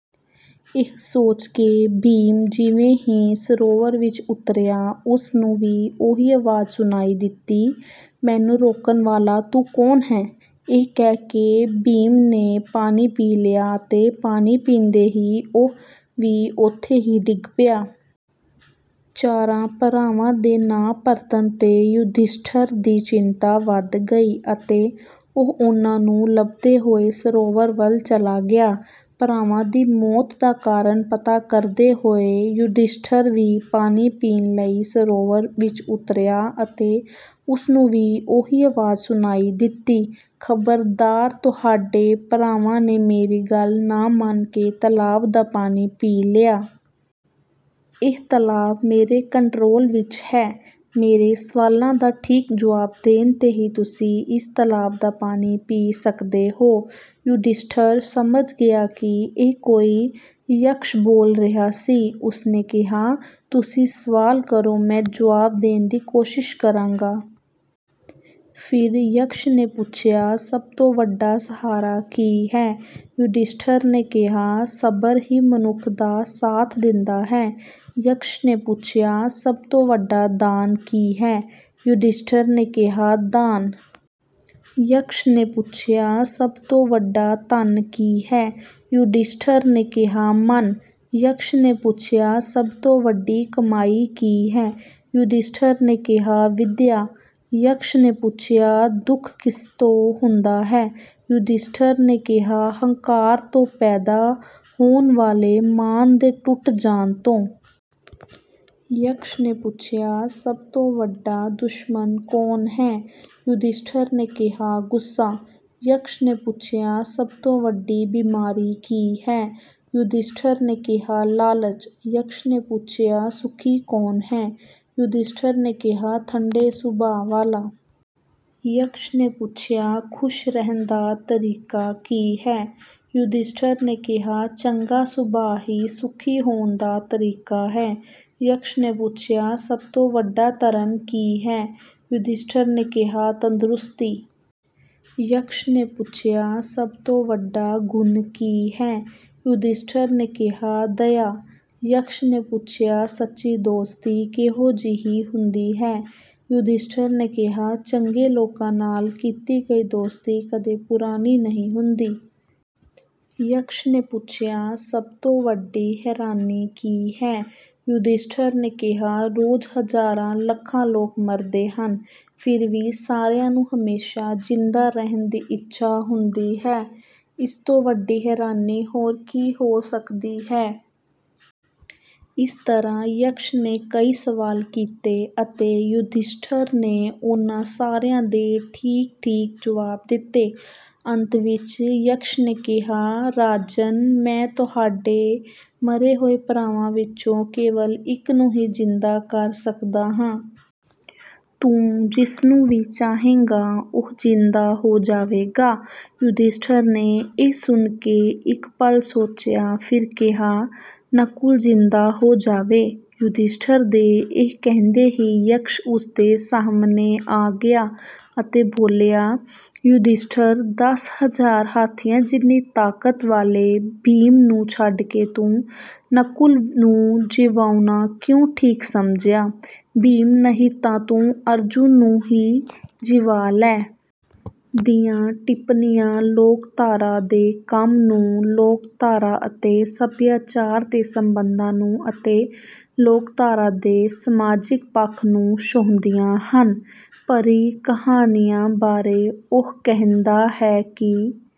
ਇਹ ਸੋਚ ਕੇ ਭੀਮ ਜਿਵੇਂ ਹੀ ਸਰੋਵਰ ਵਿੱਚ ਉਤਰਿਆ ਉਸ ਨੂੰ ਵੀ ਉਹੀ ਆਵਾਜ਼ ਸੁਣਾਈ ਦਿੱਤੀ "ਮੈਨੂੰ ਰੋਕਣ ਵਾਲਾ ਤੂੰ ਕੌਣ ਹੈ" ਇਹ ਕਹਿ ਕੇ ਭੀਮ ਨੇ ਪਾਣੀ ਪੀ ਲਿਆ ਅਤੇ ਪਾਣੀ ਪੀਂਦੇ ਹੀ ਉਹ ਵੀ ਉੱਥੇ ਹੀ ਡਿੱਗ ਪਿਆ। ਚਾਰਾਂ ਭਰਾਵਾਂ ਦੇ ਨਾ ਪਰਤਣ ਤੇ ਯੁਧਿਸ਼ਠਰ ਦੀ ਚਿੰਤਾ ਵਧ ਗਈ ਅਤੇ ਉਹ ਉਨ੍ਹਾਂ ਨੂੰ ਲੱਭਦੇ ਹੋਏ ਸਰੋਵਰ ਵੱਲ ਚਲਾ ਗਿਆ। ਭਰਾਵਾਂ ਦੀ ਮੌਤ ਦਾ ਕਾਰਨ ਪਤਾ ਕਰਦੇ ਹੋਏ ਯੁਧਿਸ਼ਠਰ ਵੀ ਪਾਣੀ ਪੀਣ ਲਈ ਸਰੋਵਰ ਵਿੱਚ ਉਤਰਿਆ ਅਤੇ ਉਸ ਨੂੰ ਵੀ ਉਹੀ ਆਵਾਜ਼ ਸੁਣਾਈ ਦਿੱਤੀ "ਖਬਰਦਾਰ ਤੁਹਾਡੇ ਭਰਾਵਾਂ ਨੇ ਮੇਰੀ ਗੱਲ ਨਾ ਮੰਨ ਕੇ ਤਾਲਾਬ ਦਾ ਪਾਣੀ ਪੀ ਲਿਆ। ਇਹ ਤਾਲਾਬ ਮੇਰੇ ਕੰਟਰੋਲ ਵਿੱਚ ਹੈ। ਮੇਰੇ ਸਵਾਲਾਂ ਦਾ ਠੀਕ ਜਵਾਬ ਦੇਣ ਤੇ ਹੀ ਤੁਸੀਂ ਇਸ ਤਾਲਾਬ ਦਾ ਪਾਣੀ ਪੀ ਸਕਦੇ ਹੋ" ਯੁਧਿਸ਼ਠਰ ਸਮਝ ਗਿਆ ਕਿ ਇਹ ਕੋਈ ਯਕਸ਼ ਬੋਲ ਰਿਹਾ ਸੀ। ਉਸ ਨੇ ਕਿਹਾ "ਤੁਸੀਂ ਸਵਾਲ ਕਰੋ ਮੈਂ ਜਵਾਬ ਦੇਣ ਦੀ ਕੋਸ਼ਿਸ਼ ਕਰਾਂਗਾ"। ਫਿਰ ਯਕਸ਼ ਨੇ ਪੁੱਛਿਆ ਸਭ ਤੋਂ ਵੱਡਾ ਸਹਾਰਾ ਕੀ ਹੈ ਯੁਧਿਸ਼ਠਰ ਨੇ ਕਿਹਾ ਸਬਰ ਹੀ ਮਨੁੱਖ ਦਾ ਸਾਥ ਦਿੰਦਾ ਹੈ। ਯਕਸ਼ ਨੇ ਪੁੱਛਿਆ ਸਭ ਤੋਂ ਵੱਡਾ ਦਾਨ ਕੀ ਹੈ ਯੁਧਿਸ਼ਠਰ ਨੇ ਕਿਹਾ ਦਾਨ। ਯਕਸ਼ ਨੇ ਪੁੱਛਿਆ ਸਭ ਤੋਂ ਵੱਡਾ ਧਨ ਕੀ ਹੈ ਯੁਧਿਸ਼ਠਰ ਨੇ ਕਿਹਾ ਮਨ। ਯਕਸ਼ ਨੇ ਪੁੱਛਿਆ ਸਭ ਤੋਂ ਵੱਡੀ ਕਮਾਈ ਕੀ ਹੈ ਯੁਧਿਸ਼ਠਰ ਨੇ ਕਿਹਾ ਵਿਦਿਆ। ਯਕਸ਼ ਨੇ ਪੁੱਛਿਆ ਦੁੱਖ ਕਿਸ ਤੋਂ ਹੁੰਦਾ ਹੈ ਯੁਧਿਸ਼ਠਰ ਨੇ ਕਿਹਾ ਹੰਕਾਰ ਤੋਂ ਪੈਦਾ ਹੋਣ ਵਾਲੇ ਮਾਣ ਦੇ ਟੁੱਟ ਜਾਣ ਤੋਂ। ਯਕਸ਼ ਨੇ ਪੁੱਛਿਆ ਸਭ ਤੋਂ ਵੱਡਾ ਦੁਸ਼ਮਣ ਕੌਣ ਹੈ ਯੁਧਿਸ਼ਠਰ ਨੇ ਕਿਹਾ ਗੁੱਸਾ। ਯਕਸ਼ ਨੇ ਪੁੱਛਿਆ ਸਭ ਤੋਂ ਵੱਡੀ ਬਿਮਾਰੀ ਕੀ ਹੈ ਯੁਧਿਸ਼ਠਰ ਨੇ ਕਿਹਾ ਲਾਲਚ। ਯਕਸ਼ ਨੇ ਪੁੱਛਿਆ ਸੁਖੀ ਕੌਣ ਹੈ ਯੁਧਿਸ਼ਠਰ ਨੇ ਕਿਹਾ ਠੰਡੇ ਸੁਭਾਅ ਵਾਲਾ। ਯਕਸ਼ ਨੇ ਪੁੱਛਿਆ ਖੁਸ਼ ਰਹਿਣ ਦਾ ਤਰੀਕਾ ਕੀ ਹੈ ਯੁਧਿਸ਼ਠਰ ਨੇ ਕਿਹਾ ਚੰਗਾ ਸੁਭਾਅ ਹੀ ਸੁਖੀ ਹੋਣ ਦਾ ਤਰੀਕਾ ਹੈ। ਯਕਸ਼ ਨੇ ਪੁੱਛਿਆ ਸਭ ਤੋਂ ਵੱਡਾ ਧਰਮ ਕੀ ਹੈ ਯੁਧਿਸ਼ਠਰ ਨੇ ਕਿਹਾ ਤੰਦਰੁਸਤੀ। ਯਕਸ਼ ਨੇ ਪੁੱਛਿਆ ਸਭ ਤੋਂ ਵੱਡਾ ਗੁਣ ਕੀ ਹੈ ਯੁਧਿਸ਼ਠਰ ਨੇ ਕਿਹਾ ਦਇਆ। ਯਕਸ਼ ਨੇ ਪੁੱਛਿਆ ਸੱਚੀ ਦੋਸਤੀ ਕਿਹੋ ਜਿਹੀ ਹੁੰਦੀ ਹੈ ਯੁਧਿਸ਼ਠਰ ਨੇ ਕਿਹਾ ਚੰਗੇ ਲੋਕਾਂ ਨਾਲ ਕੀਤੀ ਗਈ ਦੋਸਤੀ ਕਦੇ ਪੁਰਾਣੀ ਨਹੀਂ ਹੁੰਦੀ। ਯਕਸ਼ ਨੇ ਪੁੱਛਿਆ ਸਭ ਤੋਂ ਵੱਡੀ ਹੈਰਾਨੀ ਕੀ ਹੈ ਯੁਧਿਸ਼ਠਰ ਨੇ ਕਿਹਾ ਰੋਜ਼ ਹਜ਼ਾਰਾਂ ਲੱਖਾਂ ਲੋਕ ਮਰਦੇ ਹਨ ਫਿਰ ਵੀ ਸਾਰਿਆਂ ਨੂੰ ਹਮੇਸ਼ਾ ਜਿੰਦਾ ਰਹਿਣ ਦੀ ਇੱਛਾ ਹੁੰਦੀ ਹੈ। ਇਸ ਤੋਂ ਵੱਡੀ ਹੈਰਾਨੀ ਹੋਰ ਕੀ ਹੋ ਸਕਦੀ ਹੈ। ਇਸ ਤਰ੍ਹਾਂ ਯਕਸ਼ ਨੇ ਕਈ ਸਵਾਲ ਕੀਤੇ ਅਤੇ ਯੁਧਿਸ਼ਠਰ ਨੇ ਉਨ੍ਹਾਂ ਸਾਰਿਆਂ ਦੇ ਠੀਕ ਠੀਕ ਜਵਾਬ ਦਿੱਤੇ। ਅੰਤ ਵਿੱਚ ਯਕਸ਼ ਨੇ ਕਿਹਾ "ਰਾਜਨ ਮੈਂ ਤੁਹਾਡੇ ਮਰੇ ਹੋਏ ਭਰਾਵਾਂ ਵਿੱਚੋਂ ਕੇਵਲ ਇੱਕ ਨੂੰ ਹੀ ਜਿੰਦਾ ਕਰ ਸਕਦਾ ਹਾਂ। ਤੂੰ ਜਿਸਨੂੰ ਵੀ ਚਾਹੇਂਗਾ ਉਹ ਜਿੰਦਾ ਹੋ ਜਾਵੇਗਾ"। ਯੁਧਿਸ਼ਠਰ ਨੇ ਇਹ ਸੁਣ ਕੇ ਇੱਕ ਪਲ ਸੋਚਿਆ ਫਿਰ ਕਿਹਾ "ਨਕੁਲ ਜਿੰਦਾ ਹੋ ਜਾਵੇ"। ਯੁਧਿਸ਼ਠਰ ਦੇ ਇਹ ਕਹਿੰਦੇ ਹੀ ਯਕਸ਼ ਉਸ ਦੇ ਸਾਹਮਣੇ ਆ ਗਿਆ ਅਤੇ ਬੋਲਿਆ "ਯੁਧਿਸ਼ਠਰ ਦਸ ਹਜ਼ਾਰ ਹਾਥੀਆਂ ਜਿੰਨੀ ਤਾਕਤ ਵਾਲੇ ਭੀਮ ਨੂੰ ਛੱਡ ਕੇ ਤੂੰ ਨਕੁਲ ਨੂੰ ਜਿਵਾਉਣਾ ਕਿਉਂ ਠੀਕ ਸਮਝਿਆ ਭੀਮ ਨਹੀਂ ਤਾਂ ਤੂੰ ਅਰਜੁਨ ਨੂੰ ਹੀ ਜਿਵਾ ਲੈ"। ਦੀਆਂ ਟਿੱਪਣੀਆਂ ਲੋਕਧਾਰਾ ਦੇ ਕੰਮ ਨੂੰ ਲੋਕਧਾਰਾ ਅਤੇ ਸਭਿਆਚਾਰ ਦੇ ਸਬੰਧਾਂ ਨੂੰ ਅਤੇ ਲੋਕਧਾਰਾ ਦੇ ਸਮਾਜਿਕ ਪੱਖ ਨੂੰ ਛੋਂਹਦੀਆਂ ਹਨ। "ਪਰੀ ਕਹਾਣੀਆਂ" ਬਾਰੇ ਉਹ ਕਹਿੰਦਾ ਹੈ ਕਿ